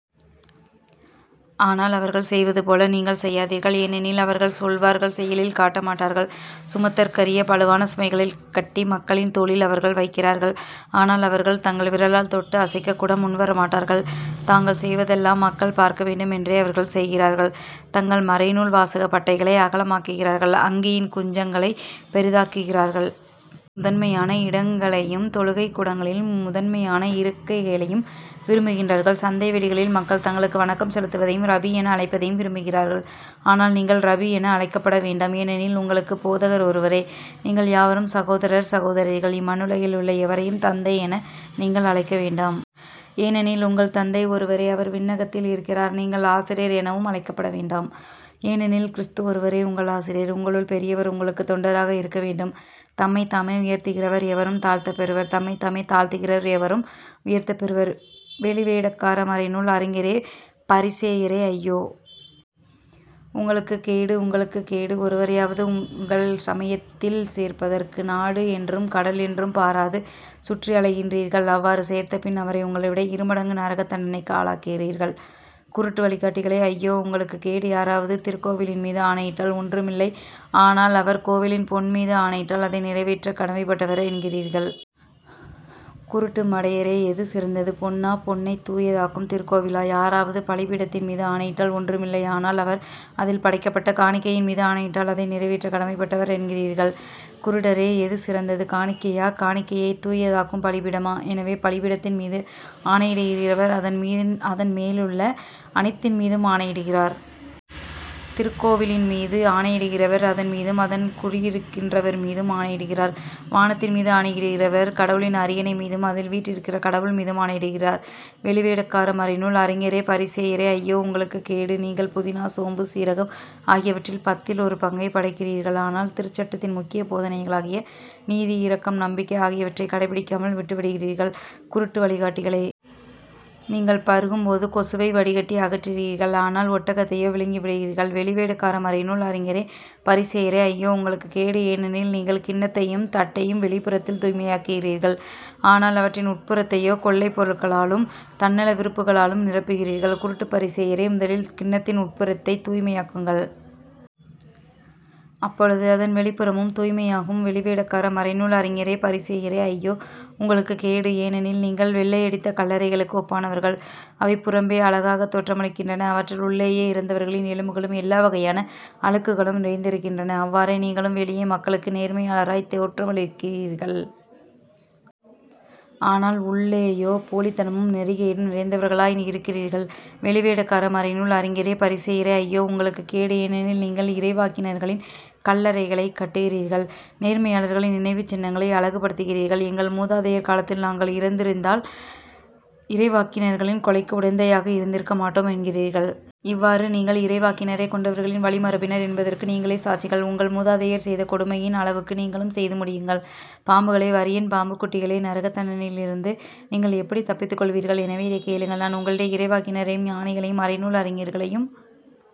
ஆனால் அவர்கள் செய்வதுபோல நீங்கள் செய்யாதீர்கள். ஏனெனில் அவர்கள் சொல்வார்கள் செயலில் காட்ட மாட்டார்கள். சுமத்தற்கரிய பளுவான சுமைகளைக் கட்டி மக்களின் தோளில் அவர்கள் வைக்கிறார்கள் ஆனால் அவர்கள் தங்கள் விரலால் தொட்டு அசைக்கக் கூட முன்வரமாட்டார்கள். தாங்கள் செய்வதெல்லாம் மக்கள் பார்க்க வேண்டும் என்றே அவர்கள் செய்கிறார்கள் தங்கள் மறைநூல் வாசகப் பட்டைகளை அகலமாக்குகிறார்கள் அங்கியின் குஞ்சங்களைப் பெரிதாக்குகிறார்கள். விருந்துகளில் முதன்மையான இடங்களையும் தொழுகைக் கூடங்களில் முதன்மையான இருக்கைகளையும் விரும்புகின்றார்கள். சந்தைவெளிகளில் மக்கள் தங்களுக்கு வணக்கம் செலுத்துவதையும் ரபி என அழைப்பதையும் விரும்புகிறார்கள். ஆனால் நீங்கள் ரபி என அழைக்கப்பட வேண்டாம். ஏனெனில் உங்களுக்குப் போதகர் ஒருவரே. நீங்கள் யாவரும் சகோதரர் சகோதரிகள். இம்மண்ணுலகில் உள்ள எவரையும் தந்தை என நீங்கள் அழைக்க வேண்டாம். ஏனெனில் உங்கள் தந்தை ஒருவரே. அவர் விண்ணகத்தில் இருக்கிறார். நீங்கள் ஆசிரியர் எனவும் அழைக்கப்பட வேண்டாம். ஏனெனில் கிறிஸது ஒருவரே உங்கள் ஆசிரியர். உங்களுள் பெரியவர் உங்களுக்குத் தொண்டராக இருக்க வேண்டும். தம்மைத்தாமே உயர்த்துகிறவர் எவரும் தாழ்த்தப்பெறுவர். தம்மைத்தாமே தாழ்த்துகிறவர் எவரும் உயர்த்தப்பெறுவர். வெளிவேடக்கார மறைநூல் அறிஞரே பரிசேயரே ஐயோ. உங்களுக்குக் கேடு. உங்களுக்குக் கேடு. ஒருவரையாவது உங்கள் சமயத்தில் சேர்ப்பதற்கு நாடு என்றும் கடல் என்றும் பாராது சுற்றி அலைகின்றீர்கள் அவ்வாறு சேர்த்த பின் அவரை உங்களைவிட இருமடங்கு நரகத் தண்டனைக்கு ஆளாக்குகிறீர்கள். குருட்டு வழிகாட்டிகளே ஐயோ. உங்களுக்குக் கேடு. யாராவது திருக்கோவிலின்மீது ஆணையிட்டால் ஒன்றுமில்லை ஆனால் அவர் கோவிலின் பொன்மீது ஆணையிட்டால் அதை நிறைவேற்றக் கடமைப்பட்டவர் என்கிறீர்கள். குருட்டு மடையரே. எது சிறந்தது? பொன்னா? பொன்னைத் தூயதாக்கும் திருக்கோவிலா? யாராவது பலிபீடத்தின்மீது ஆணையிட்டால் ஒன்றுமில்லை ஆனால் அவர் அதில் படைக்கப்பட்ட காணிக்கையின்மீது ஆணையிட்டால் அதை நிறைவேற்றக் கடமைப்பட்டவர் என்கிறீர்கள். குருடரே. எது சிறந்தது? காணிக்கையா? காணிக்கையைத் தூயதாக்கும் பலிபீடமா? எனவே பலிபீடத்தின்மீது ஆணையிடுகிறவர் அதன்மீதும் அதன்மேலுள்ள அனைத்தின்மீதும் ஆணையிடுகிறார். திருக்கோவிலின்மீது ஆணையிடுகிறவர் அதன்மீதும் அதில் குடிகொண்டிருக்கிறவர்மீதும் ஆணையிடுகிறார். வானத்தின் மீது ஆணையிடுகிறவர் கடவுளின் அரியணைமீதும் அதில் வீற்றிருக்கிற கடவுள்மீதும் ஆணையிடுகிறார். வெளிவேடக்கார மறைநூல் அறிஞரே பரிசேயரே ஐயோ. உங்களுக்குக் கேடு. நீங்கள் புதினா சோம்பு சீரகம் ஆகியவற்றில் பத்தில் ஒரு பங்கைப் படைக்கிறீர்கள். ஆனால் திருச்சட்டத்தின் முக்கிய போதனைகளாகிய நீதி இரக்கம் நம்பிக்கை ஆகியவற்றைக் கடைப்பிடிக்காமல் விட்டு விடுகிறீர்கள் குருட்டு வழிகாட்டிகளே. நீங்கள் பருகும் போது கொசுவை வடிகட்டி அகற்றுகிறீர்கள். ஆனால் ஒட்டகத்தையோ விழுங்கிவிடுகிறீர்கள். வெளிவேடக்கார மறைநூல் அறிஞரே பரிசேயரே ஐயோ. உங்களுக்குக் கேடு. ஏனெனில் நீங்கள் கிண்ணத்தையும் தட்டையும் வெளிப்புறத்தில் தூய்மையாக்குகிறீர்கள். ஆனால் அவற்றின் உட்புறத்தையோ கொள்ளைப் பொருள்களாலும் தன்னல விருப்புகளாலும் நிரப்புகிறீர்கள். குருட்டுப் பரிசேயரே முதலில் கிண்ணத்தின் உட்புறத்தைத் தூய்மையாக்குங்கள். அப்பொழுது அதன் வெளிப்புறமும் தூய்மையாகும். வெளிவேடக்கார மறைநூல் அறிஞரே பரிசேயரே ஐயோ. உங்களுக்குக் கேடு. ஏனெனில் நீங்கள் வெள்ளையடித்த கல்லறைகளுக்கு ஒப்பானவர்கள். அவை புறம்பே அழகாகத் தோற்றமளிக்கின்றன அவற்றின் உள்ளேயோ இறந்தவர்களின் எலும்புகளும் எல்லாவகையான அழுக்குகளும் நிறைந்திருக்கின்றன. அவ்வாறே நீங்களும் வெளியே மக்களுக்கு நேர்மையாளராய்த் தோற்றமளிக்கிறீர்கள். ஆனால் உள்ளேயோ போலித்தனமும் நெறிகேடும் நிறைந்தவர்களாய் இருக்கிறீர்கள். வெளிவேடக்கார மறைநூல் அறிஞரே பரிசேயரே ஐயோ. உங்களுக்குக் கேடு. ஏனெனில் நீங்கள் இறைவாக்கினர்களின் கல்லறைகளைக் கட்டுகிறீர்கள் நேர்மையாளரின் நினைவுச் சின்னங்களை அழகுப்படுத்துகிறீர்கள் எங்கள் முதாதையர் காலத்தில் நாங்கள் இருந்திருந்தால் இறைவாக்கினர்களின் கொலைக்கு உடந்தையாக இருந்திருக்க மாட்டோம் என்கிறீர்கள். இவ்வாறு நீங்கள் இறைவாக்கினரைக் கொன்றவர்களின் வழிமரபினர் என்பதற்கு நீங்களே சாட்சிகள். உங்கள் முதாதையர் செய்த கொடுமையின் அளவுக்கு நீங்களும் செய்து முடியுங்கள். பாம்புகளே வரியன் பாம்புக் குட்டிகளே நரகத் தண்டனையிலிருந்து நீங்கள் எப்படித் தப்பித்துக்கொள்வீர்கள்? எனவே இதைக் கேளுங்கள். நான் உங்களிடையே இறைவாக்கினரையும் ஞானிகளையும் மறைநூல் அறிஞர்களையும்